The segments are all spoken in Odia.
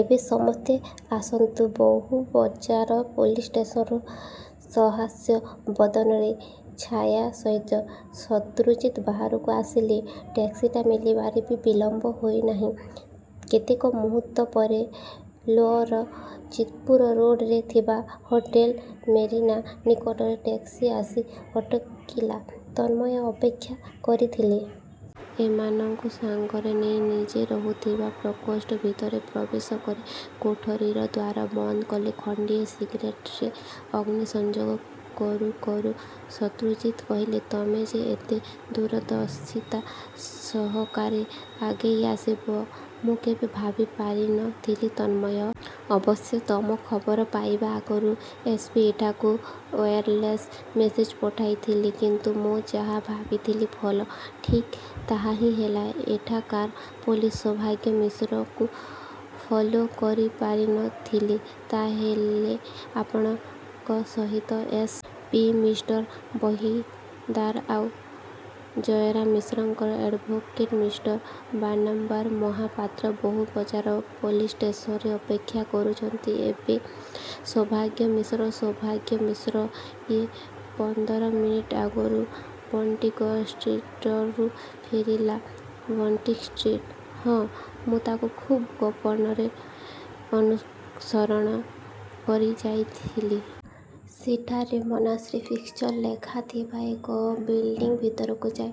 ଏବେ ସମସ୍ତେ ଆସନ୍ତୁ। ବହୁବଜାର ପୋଲିସ୍ ଟେସ୍ନନରୁ ସହାସ୍ୟ ବଦନରେ ଛାୟା ସହିତ ଶତ୍ରୁଜିତ୍ ବାହାରକୁ ଆସିଲେ। ଟ୍ୟାକ୍ସିଟା ମିଳିବାରେ ବି ବିଳମ୍ବ ହେଲା ନାହିଁ। କେତେକ ମୁହୂର୍ତ୍ତ ପରେ ଲୋଅର ଚିତ୍ପୁର ରୋଡରେ ଥିବା ହୋଟେଲ 'ମେରୀନା' ନିକଟରେ, ଟ୍ୟାକ୍ସି ଆସି ଅଟକିଲା ତନ୍ମୟ ଅପେକ୍ଷା କରିଥିଲେ। ଏମାନଙ୍କୁ ସାଙ୍ଗରେ ନେଇ ନିଜେ ରହୁଥିବା ପ୍ରକୋଷ୍ଠ ଭିତରେ ପ୍ରବେଶ କରି କୋଠରିର ଦ୍ୱାର ବନ୍ଦ କଲେ। ଖଣ୍ଡିଏ ସିଗାରେଟରେ ଅଗ୍ନି ସଂଯୋଗ କରୁକରୁ ଶତ୍ରୁଜିତ୍ କହିଲେ "ତମେ ଯେ ଏତେ ଦୂରଦର୍ଶିତା ସହକାରେ ଆଗେଇ ଆସିବ ମୁଁ କେବେ ଭାବି ପାରି ନ ଥିଲି, ତନ୍ମୟ! ଅବଶ୍ୟ ତମ ଖବର ପାଇବା ଆଗରୁ ଏସ୍. ପି. ଏଠାକୁ ଓୟାରଲେସ୍ ମେସେଜ୍ ପଠାଇଥିଲେ କିନ୍ତୁ ମୁଁ ଯାହା ଭାବିଥିଲି ଫଳ ଠିକ୍ ତାହା ହିଁ ହେଲା। ଏଠାକାର ପୋଲିସ୍ ସୌଭାଗ୍ୟ ମିଶ୍ରକୁ ଫଲୋ କରିପାରି ନ ଥିଲେ। ତା' ହେଲେ ଆପଣଙ୍କ ସହିତ ଏସ୍. ପି. ମିଷ୍ଟର ବହହିଦାର ଆଉ ଜୟରାମ ମିଶ୍ରଙ୍କର ଆଡ୍ଭୋକେଟ୍ ମିଷ୍ଟର ବାନାମ୍ବର ମହାପାତ୍ର ବହୁ ବଜାର ପୋଲିସ ଷ୍ଟେସନରେ ଅପେକ୍ଷା କରିଛନ୍ତି। ଏବେ ସୌଭାଗ୍ୟ ମିଶ୍ର ସୌଭାଗ୍ୟ ମିଶ୍ର ଏଇ ପଂଦର ମିନିଟ୍ ଆଗରୁ ବେଣ୍ଟିକ ଷ୍ଟ୍ରିଟରୁ ଫେରିଲା। Bentinck street? ହଁ, ମୁଁ ତାକୁ ଖୁବ୍ ଗୋପନରେ ଅନୁସରଣ କରି ଯାଇଥିଲି। ସେଠାରେ ''ମନାଶ୍ରୀ ପିକ୍ଚର୍ସ'' ଲେଖାଥିବା ଏକ ବିଲଡ଼ିଂ ଭିତରକୁ ଯାଇ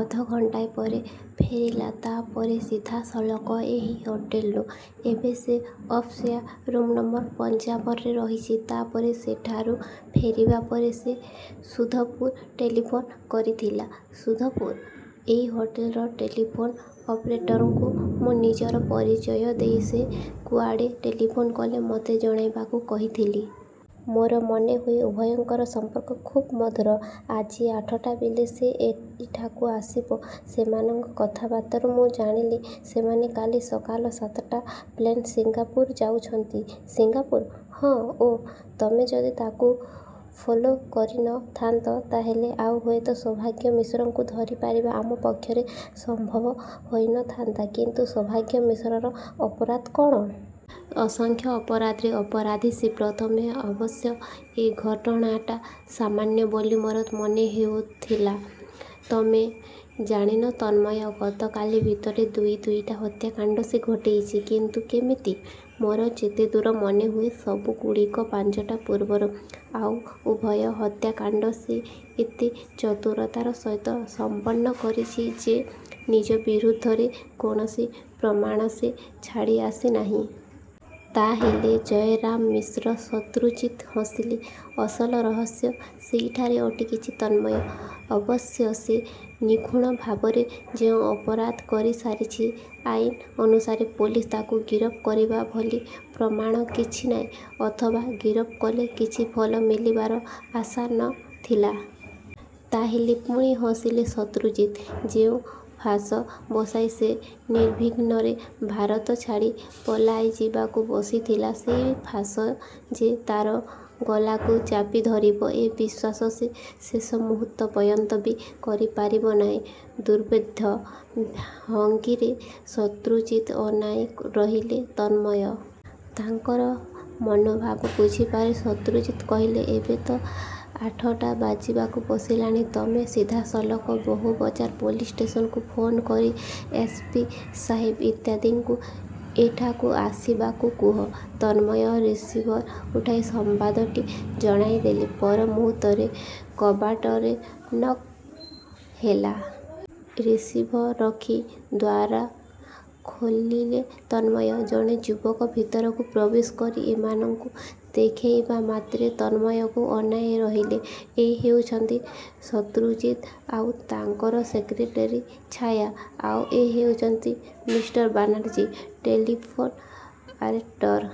ଅଧଘଣ୍ଟାଏ ପରେ ଫେରିଲା। ତା'ପରେ ସିଧାସଳଖ ଏହି ହୋଟେଲ୍କୁ। ଏବେ ସେ ଅପ୍ଷ୍ଟୟାରର ରୂମ୍ ନଂ ପଂଚାବନରେ ରହିଛି। ତା'ପରେ ସେଠାରୁ ଫେରିବା ପରେ ସେ ସୁଧପୁର ଟେଲିଫୋନ କରିଥିଲା। ସୁଧପୁର? ଏଇ ହୋଟେଲର ଟେଲିଫୋନ ଅପରେଟରଙ୍କୁ ମୁଁ ନିଜର ପରିଚୟ ଦେଇ, ସେ କୁଆଡ଼େ ଟେଲିଫୋନ କଲେ ମୋତେ ଜଣାଇବାକୁ କହିଥିଲି। ମୋର ମନେହୁଏ ଉଭୟଙ୍କର ସମ୍ପର୍କ ଖୁବ୍ ମଧୁର। ଆଜି ଆଠଟାବେଳେ ସେ ଏଇଠାକୁ ଆସିବ। ସେମାନଙ୍କ କଥାବାର୍ତ୍ତାରୁ ମୁଁ ଜାଣିଲି ସେମାନେ କାଲି ସକାଳ ସାତଟା ପ୍ଲେନ୍ରେ ସିଙ୍ଗାପୁର ଯାଉଛନ୍ତି। ସିଙ୍ଗାପୁର? ହଁ। ଓଃ! ତମେ ଯଦି ତାକୁ ଫଲୋ କରି ନ ଥା'ନ୍ତ ତା'ହେଲେ ଆଉ ହୁଏତ ସୌଭାଗ୍ୟ ମିଶ୍ରକୁ ଧରିପାରିବା ଆମ ପକ୍ଷରେ ସମ୍ଭବ ହୋଇ ନ ଥାନ୍ତା କିନ୍ତୁ ସୌଭାଗ୍ୟ ମିଶ୍ରର ଅପରାଧ କ'ଣ? ଅସଂଖ୍ୟ ଅପରାଧରେ ଅପରାଧୀ ସେ। ପ୍ରଥମେ ଅବଶ୍ୟ ଏ ଘଟଣାଟା ସାମାନ୍ୟ ବୋଲି ମୋର ମନେ ହେଉଥିଲା। ତମେ ଜାଣିନ, ତନ୍ମୟ, ଗତକାଲି ଭିତରେ ଦୁଇ ଦୁଇଟା ହତ୍ୟାକାଣ୍ତ ସେ ଘଟେଇଛି। କିନ୍ତୁ କେମିତି? ମୋର ଯେତେଦୂର ମନେହୁଏ ସବୁଗୁଡ଼ିକ ପାଞ୍ଚଟା ପୂର୍ବରୁ। ଆଉ ଉଭୟ ହତ୍ୟାକାଣ୍ତ ସେ ଏତେ ଚତୁରତାର ସହିତ ସମ୍ପନ୍ନ କରିଛି ଯେ ନିଜ ବିରୁଦ୍ଧରେ କୌଣସି ପ୍ରମାଣ ସେ ଛାଡ଼ି ଆସି ନାହିଁ। ତା'ହେଲେ ଜୟରାମ ମିଶ୍ର ଶତ୍ରୁଜିତ୍ ହସିଲେ। ଅସଲ ରହସ୍ୟ ସେଇଠାରେ ଅଟକିଛି, ତନ୍ମୟ! ଅବଶ୍ୟ ସେ ନିଖୁଣ ଭାବରେ ଯେଉ ଅପରାଧ କରିସାରିଛି, ଆଇନ ଅନୁସାରେ ପୋଲିସ ତାକୁ ଗିରଫ କରିବା ଭଳି ପ୍ରମାଣ କିଛି ନାହିଁ। ଅଥବା ଗିରଫ କଲେ କିଛି ଫଳ ମିଳିବାର ଆଶା ନ ଥିଲା। ତା'ହେଲେ ପୁଣି ହସିଲେ ଶତ୍ରୁଜିତ୍। ଯେଉ ଫାଶ ବସାଇ ସେ ନିର୍ବିଘ୍ନରେ ଭାରତ ଛାଡ଼ି ପଳାଇଯିବାକୁ ବସିଥିଲା, ସେଇ ଫାଶ ଯେ ତା'ର ଗଳାକୁ ଚାପି ଧରିବ ଏ ବିଶ୍ୱାସ ସେ ଶେଷ ମୁହୂର୍ତ୍ତ ପର୍ଯ୍ୟନ୍ତ ବି କରିପାରିବ ନାହିଁ। ଦୁର୍ବୋଧ୍ୟ ଭଙ୍ଗୀରେ ଶତ୍ରୁଜିତ ଅନାଇ ରହିଲେ ତନ୍ମୟ। ତାଙ୍କର ମନୋଭାବ ବୁଝିପାରି ଶତ୍ରୁଜିତ୍ କହିଲେ " ଏବେ ତ ଆଠଟା ବାଜିବାକୁ ବସିଲାଣି। ତମେ ସିଧାସଳଖ ବହୁବଜାର ପୋଲିସ ଷ୍ଟେସନକୁ ଫୋନ୍ କରି ଏସ. ପି. ସାହେବ ଇତ୍ୟାଦିଙ୍କୁ ଏଠାକୁ ଆସିବାକୁ କୁହ। ତନ୍ମୟ ରିସିଭର ଉଠାଇ ସମ୍ୱାଦଟି ଜଣାଇଦେଲି। ପର ମୁହୂର୍ତ୍ତରେ କବାଟରେ ନକ୍ ହେଲା। ରିସିଭର ରଖି ଦ୍ୱାରା ଖୋଲିଲେ ତନ୍ମୟ। ଜଣେ ଯୁବକ ଭିତରକୁ ପ୍ରବେଶ କରି ଏମାନଙ୍କୁ ଦେଖିବା ମାତ୍ରେ ତନ୍ମୟଙ୍କୁ ଅନାଇ ରହିଲେ। ଏ ହେଉଛନ୍ତି ଶତ୍ରୁଜିତ୍ ଆଉ ତାଙ୍କର ସେକ୍ରେଟେରୀ ଛାୟା। ଆଉ ଏ ହେଉଛନ୍ତି ମିଷ୍ଟର ବାନାର୍ଜୀ, ଟେଲିଫୋନ୍ ଆରେଟର।